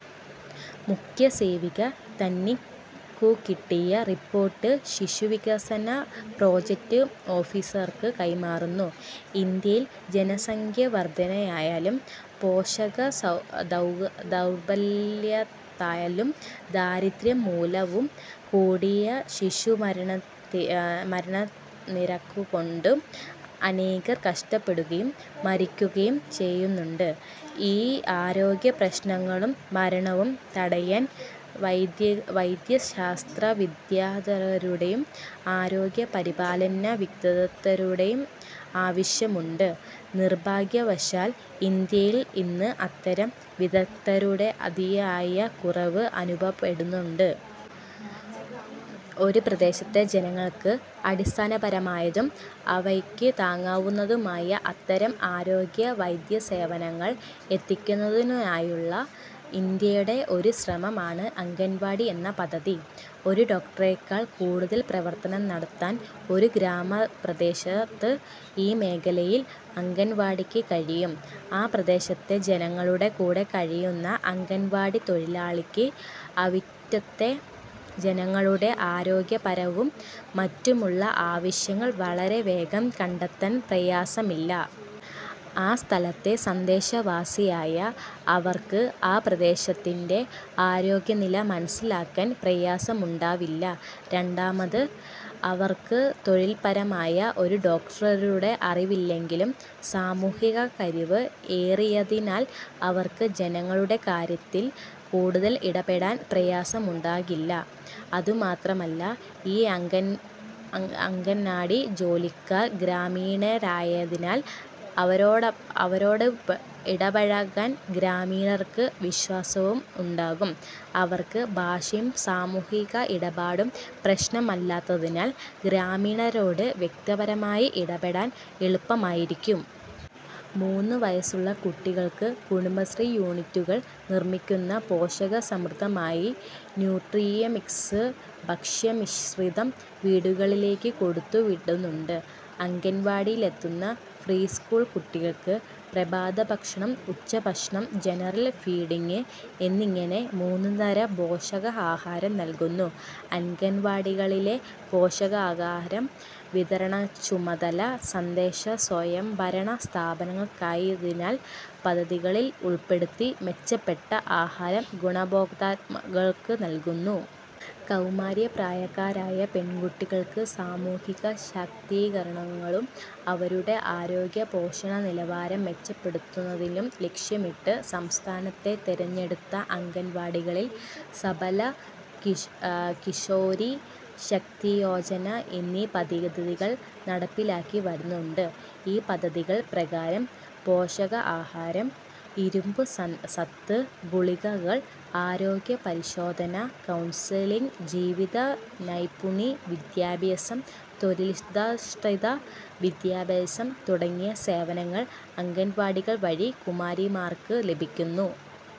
മുഖ്യസേവിക തനിക്കുകിട്ടിയ റിപ്പോർട്ട് ശിശുവികസന പ്രൊജക്റ്റ് ഓഫീസർക്കു കൈമാറുന്നു. ഇന്ത്യയിൽ ജനസംഖ്യവർദ്ധനയാലും പോഷകദൗർലഭ്യത്താലും ദാരിദ്ര്യം മൂലവും കൂടിയ ശിശുമരണനിരക്കുകൊണ്ടും അനേകർ കഷ്ടപ്പെടുകയും മരിക്കുകയും ചെയ്യുന്നുണ്ട്. ഈ ആരോഗ്യപ്രശ്നങ്ങളും മരണവും തടയാൻ വൈദ്യശാസ്ത്രവിദഗ്ദ്ധരുടെയും ആരോഗ്യപരിപാലന വിദഗ്ദ്ധരുടെയും ആവശ്യമുണ്ട്. നിർഭാഗ്യവശാൽ, ഇന്ത്യയിൽ ഇന്ന് അത്തരം വിദഗ്ദ്ധരുടെ അതിയായ കുറവ് അനുഭവപ്പെടുന്നുണ്ട്. ഒരു പ്രദേശത്തെ ജനങ്ങൾക്ക് അടിസ്ഥാനപരമായതും അവർക്കു താങ്ങാവുന്നതുമായ അത്തരം ആരോഗ്യ വൈദ്യസേവനങ്ങൾ എത്തിക്കുന്നതിനായുള്ള ഇന്ത്യയുടെ ഒരു ശ്രമം ആണ് അംഗൻവാടി എന്ന പദ്ധതി. ഒരു ഡോക്ടറേക്കാൾ കൂടുതൽ പ്രവർത്തനം നടത്താൻ ഒരു ഗ്രാമപ്രദേശത്ത് ഈ മേഖലയിൽ അംഗൻവാടിക്കു കഴിയും. ആ പ്രദേശത്തെ ജനങ്ങളുടെ കൂടെ കഴിയുന്ന അംഗൻവാടി തൊഴിലാളിക്ക് അവിറ്റുത്തെ ജനങ്ങളുടെ ആരോഗ്യപരവും മറ്റുമുള്ള ആവശ്യങ്ങൾ വളരെവേഗം കണ്ടെത്താൻ പ്രയാസമില്ല. ആ സ്ഥലത്തെ തദ്ദേശവാസിയായ അവർക്ക് ആ പ്രദേശത്തിന്റെ ആരോഗ്യനില മനസ്സിലാക്കാൻ പ്രയാസമുണ്ടാവില്ല. രണ്ടാമത്, അവർക്ക് തൊഴില്പരമായി ഒരു ഡോക്ടറുടെ അറിവില്ലെങ്കിലും സാമൂഹ്യകഴിവ് ഏറിയതിനാൽ അവർക്ക് ജനങ്ങളുടെ കാര്യത്തിൽ കൂടുതൽ ഇടപെടാൻ പ്രയാസമുണ്ടാകില്ല. അതുമാത്രമല്ല ഈ അംഗന്വാടി ജോലിക്കാർ ഗ്രാമീണരായതിനാൽ അവരോടിടപഴകാൻ ഗ്രാമീണർക്ക് വിശ്വാസവും ഉണ്ടാകും. അവർക്ക് ഭാഷയും സാമൂഹ്യ ഇടപാടും പ്രശ്നമല്ലാത്തതിനാൽ ഗ്രാമീണരോടു വ്യക്തിപരമായി ഇടപെടാൻ എളുപ്പമായിരിക്കും. മൂന്നു വയസ്സുള്ള കുട്ടികൾക്ക് കുടുംബശ്രീ യൂണിറ്റുകൾ നിർമ്മിക്കുന്ന പോഷക സമൃദ്ധമായ 'ന്യൂട്രിമിക്സ്' ഭക്ഷ്യമിശ്രിതം വീടുകളിലേക്ക് കൊടുത്തുവിടുന്നുണ്ട്. അംഗൻവാടിയിലെത്തുന്ന പ്രീ സ്കൂൾ കുട്ടികൾക്ക് പ്രഭാതഭക്ഷണം, ഉച്ചഭക്ഷണം, ജനറൽ ഫീഡിംഗ് എന്നിങ്ങനെ മൂന്നുതരം പോഷകാഹാരം നൽകുന്നു. അംഗൻവാടികളിലെ പോഷകാഹാര വിതരണച്ചുമതല തദ്ദേശ സ്വയംഭരണ സ്ഥാപനങ്ങൾക്കായതിനാൽ പദ്ധതികളിൽ ഉൾപ്പെടുത്തി മെച്ചപ്പെട്ട ആഹാരം ഗുണഭോക്താക്കൾക്ക് നൽകുന്നു. കൗമാരപ്രായക്കാരായ പെൺകുട്ടികളുടെ സാമൂഹിക ശാക്തീകരണവും, അവരുടെ ആരോഗ്യ പോഷണ നിലവാരം മെച്ചപ്പെടുത്തുന്നതിനും ലക്ഷ്യമിട്ട്, സംസ്ഥാനത്തെ തെരഞ്ഞെടുത്ത അംഗൻവാടികളിൽ, 'സബല' 'കിഷോരി ശക്തിയോജന' എന്നീ പദ്ധതികൾ നടപ്പിലാക്കി വരുന്നുണ്ട്. ഈ പദ്ധതികൾ പ്രകാരം, പോഷകാഹാരം, ഇരുമ്പ് സത്ത് ഗുളികകൾ, ആരോഗ്യ പരിശോധന, കൗൺസലിംഗ്, ജീവിത നൈപുണി വിദ്യാഭ്യാസം, തൊഴിലിധഷ്ഠിത വിദ്യാഭ്യാസം തുടങ്ങിയ സേവനങ്ങൾ അംഗൻവാടികൾ വഴി കുമാരിമാർക്ക് ലഭിക്കുന്നു.